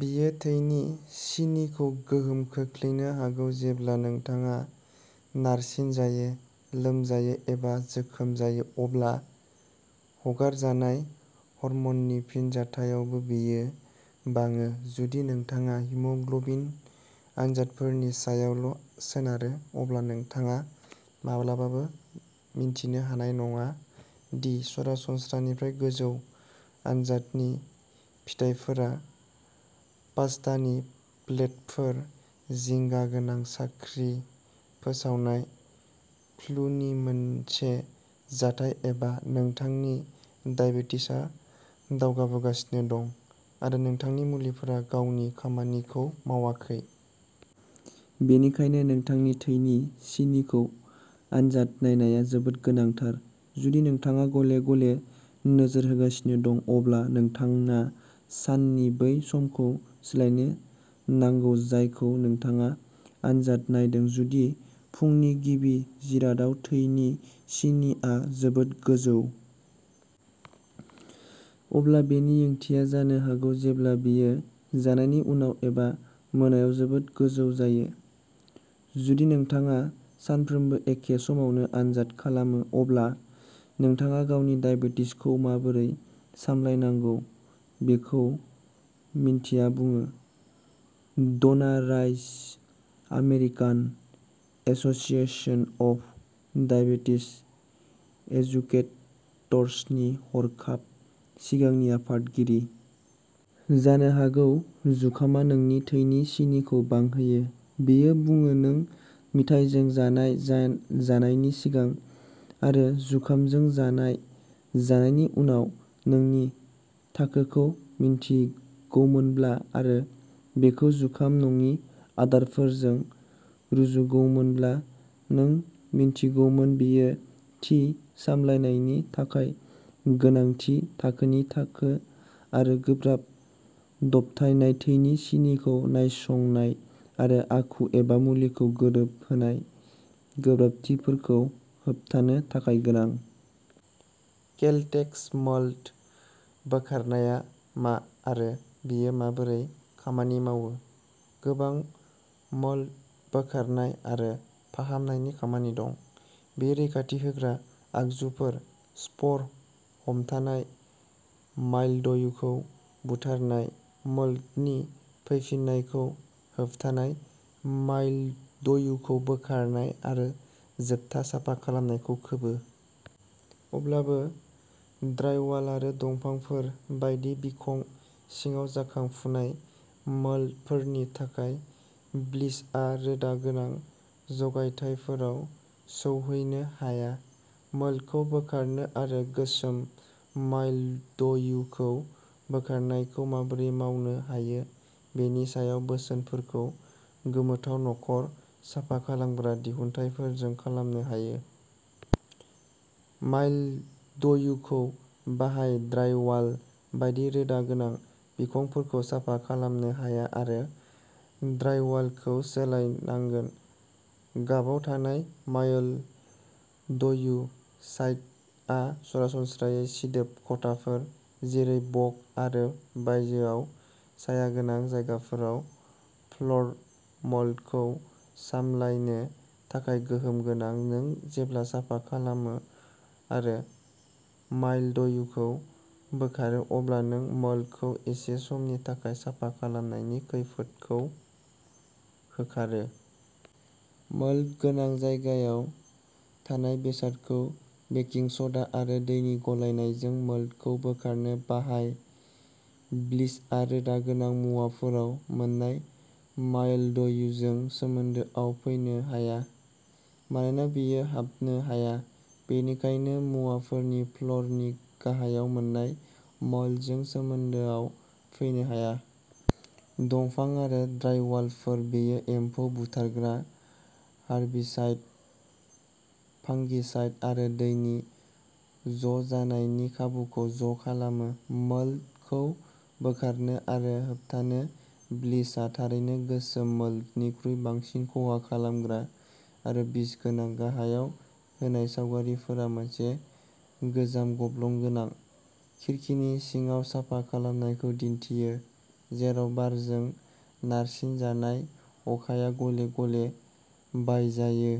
बेयो थैनि सिनिखौ गोहोम खोख्लैनो हागौ। जेब्ला नोंथाङा नारसिनजायो, लोमजायो, एबा जोखोम जायो अब्ला हगारजानाय हर्म'ननि फिनजाथायावबो बेयो बाङो। जुदि नोंथाङा हिम'ग्लबिन आनजादफोरनि सायावल' सोनारो अब्ला नोंथाङा माब्लाबाबो मिन्थिनो हानाय नङा दि सरासनस्रानिफ्राय गोजौ आनजादनि फिथायफोरा पास्तानि प्लेटफोर जिंगा गोनां साख्रि फोसावनाय, फ्लुनि मोनसे जाथाय, एबा नोंथांनि दाइबेटिसआ दावगाबोगासिनो दं आरो नोंथांनि मुलिफोरा गावनि खामानिखौ मावाखै। बेनिखायनो नोंथांनि थैनि सिनिखौ आनजाद नायनाया जोबोद गोनांथार। जुदि नोंथाङा गले-गले नोजोर होगासिनो दं अब्ला नोंथाङा साननि बै समखौ सोलायनो नांगौ जायखौ नोंथाङा आनजाद नायदों। जुदि फुंनि गिबि जिरादआव थैनि सिनिआ जोबोद गोजौ। अब्ला बेनि ओंथिया जानो हागौ जेब्ला बेयो जानायनि उनाव एबा मोनायाव जोबोद गोजौ जायो। जुदि नोंथाङा सानफ्रोमबो एखे समावनो आनजाद खालामो अब्ला नोंथाङा गावनि दाइबेटिसखौ माबोरै सामलायनांगौ बेखौ मिन्थिया बुङो। Donna Rice American Association of Diabetes एजुकेटर्सनि हरखाब सिगांनि आफादगिरि। जानो हागौ जुखामा नोंनि थैनि सिनिखौ बांहोयो। बियो बुङो नों मिथाइजों जानाय जानायनि सिगां आरो जुखामजों जानाय जानायनि उनाव नोंनि थाखोखौ मिन्थिगौमोनब्ला आरो बेखौ जुखाम नङि आदारफोरजों रुजुगौमोनब्ला नों मिन्थिगौमोन। बेयो थि सामलायनायनि थाखाय गोनां थि थाखोनि थाखो आरो गोब्राब दबथायनाय थैनि सिनिखौ नायसंनाय आरो आखु एबा मुलिखौ गोरोबहोनाय गोब्राबथिफोरखौ होबथानो थाखाय गोनां। केलटेक्स मोल्ड बोखारनाया मा आरो बेयो माबोरै खामानि मावो? गोबां मोल्ड बोखारनाय आरो फाहामनायनि खामानि दं। बेयो रैखाथि होग्रा आगजुफोर, स्पर हमथानाय, माइलडयुखौ बुथारनाय, मोल्डनि फैफिन्नायखौ होबथानाय, माइलडयुखौ बोखारनाय आरो जोबथा साफा खालामनायखौ खोबो। अब्लाबो ड्राइवाल आरो दंफांफोर बायदि बिखं सिङाव जाखांफुनाय मोल्डफोरनि थाखाय ब्लिचआ रोदा गोनां जगायथायफोराव सौहैनो हाया। मोल्डखौ बोखारनो आरो गोसोम माइलडयुखौ बोखारनायखौ माबोरै मावनो हायो बेनि सायाव बोसोनफोरखौ गोमोथाव नखर साफा खालामग्रा दिहुनथायफोरजों खालामनो हायो। माइलडयुखौ बाहाय। ड्राइवाल बायदि रोदा गोनां बिखंफोरखौ साफा खालामनो हाया आरो ड्राइवालखौ सोलायनांगोन। गाबाव थानाय माइलडयु साइडआ सरासनस्रायै सिदोब खथाफोर जेरै बग आरो बायजोयाव सायागोनां जायगाफोराव फ्ल'र मोल्डखौ सामलायनो थाखाय गोहोम गोनां। नों जेब्ला साफा खालामो आरो माइलडयुखौ बोखारो अब्ला नों मोल्डखौ एसे समनि थाखाय साफा खालामनायनि खैफोदखौ होखारो। मोल्ड गोनां जायगायाव थानाय बेसादखौ बेकिं स'डा आरो दैनि गलायनायजों मोल्डखौ बोखारनो बाहाय। ब्लिचआ रोदा गोनां मुवाफोराव मोन्नाय माइलडयुजों सोमोन्दोआव फैनो हाया मानोना बेयो हाबनो हाया। बेनिखायनो मुवाफोरनि फ्ल'रनि गाहायाव मोन्नाय मोल्डजों सोमोन्दोआव फैनो हाया। दंफां आरो ड्राइवालफोर। बेयो एम्फौ बुथारग्रा, हार्बिसाइड, फांगिसाइड आरो दैनि ज'जानायनि खाबुखौ ज'खालामो। मोल्डखौ बोखारनो आरो होबथानो। ब्लिचआ थारैनो गोसोम मोल्डनिख्रुइ बांसिन खहा खालामग्रा आरो बिस गोनां। गाहायाव होनाय सावगारिफोरा मोनसे गोजाम गब्लं गोनां खिरखिनि सिङाव साफा खालामनायखौ दिन्थियो जेराव बारजों नारसिनजानाय अखाया गले-गले बायजायो।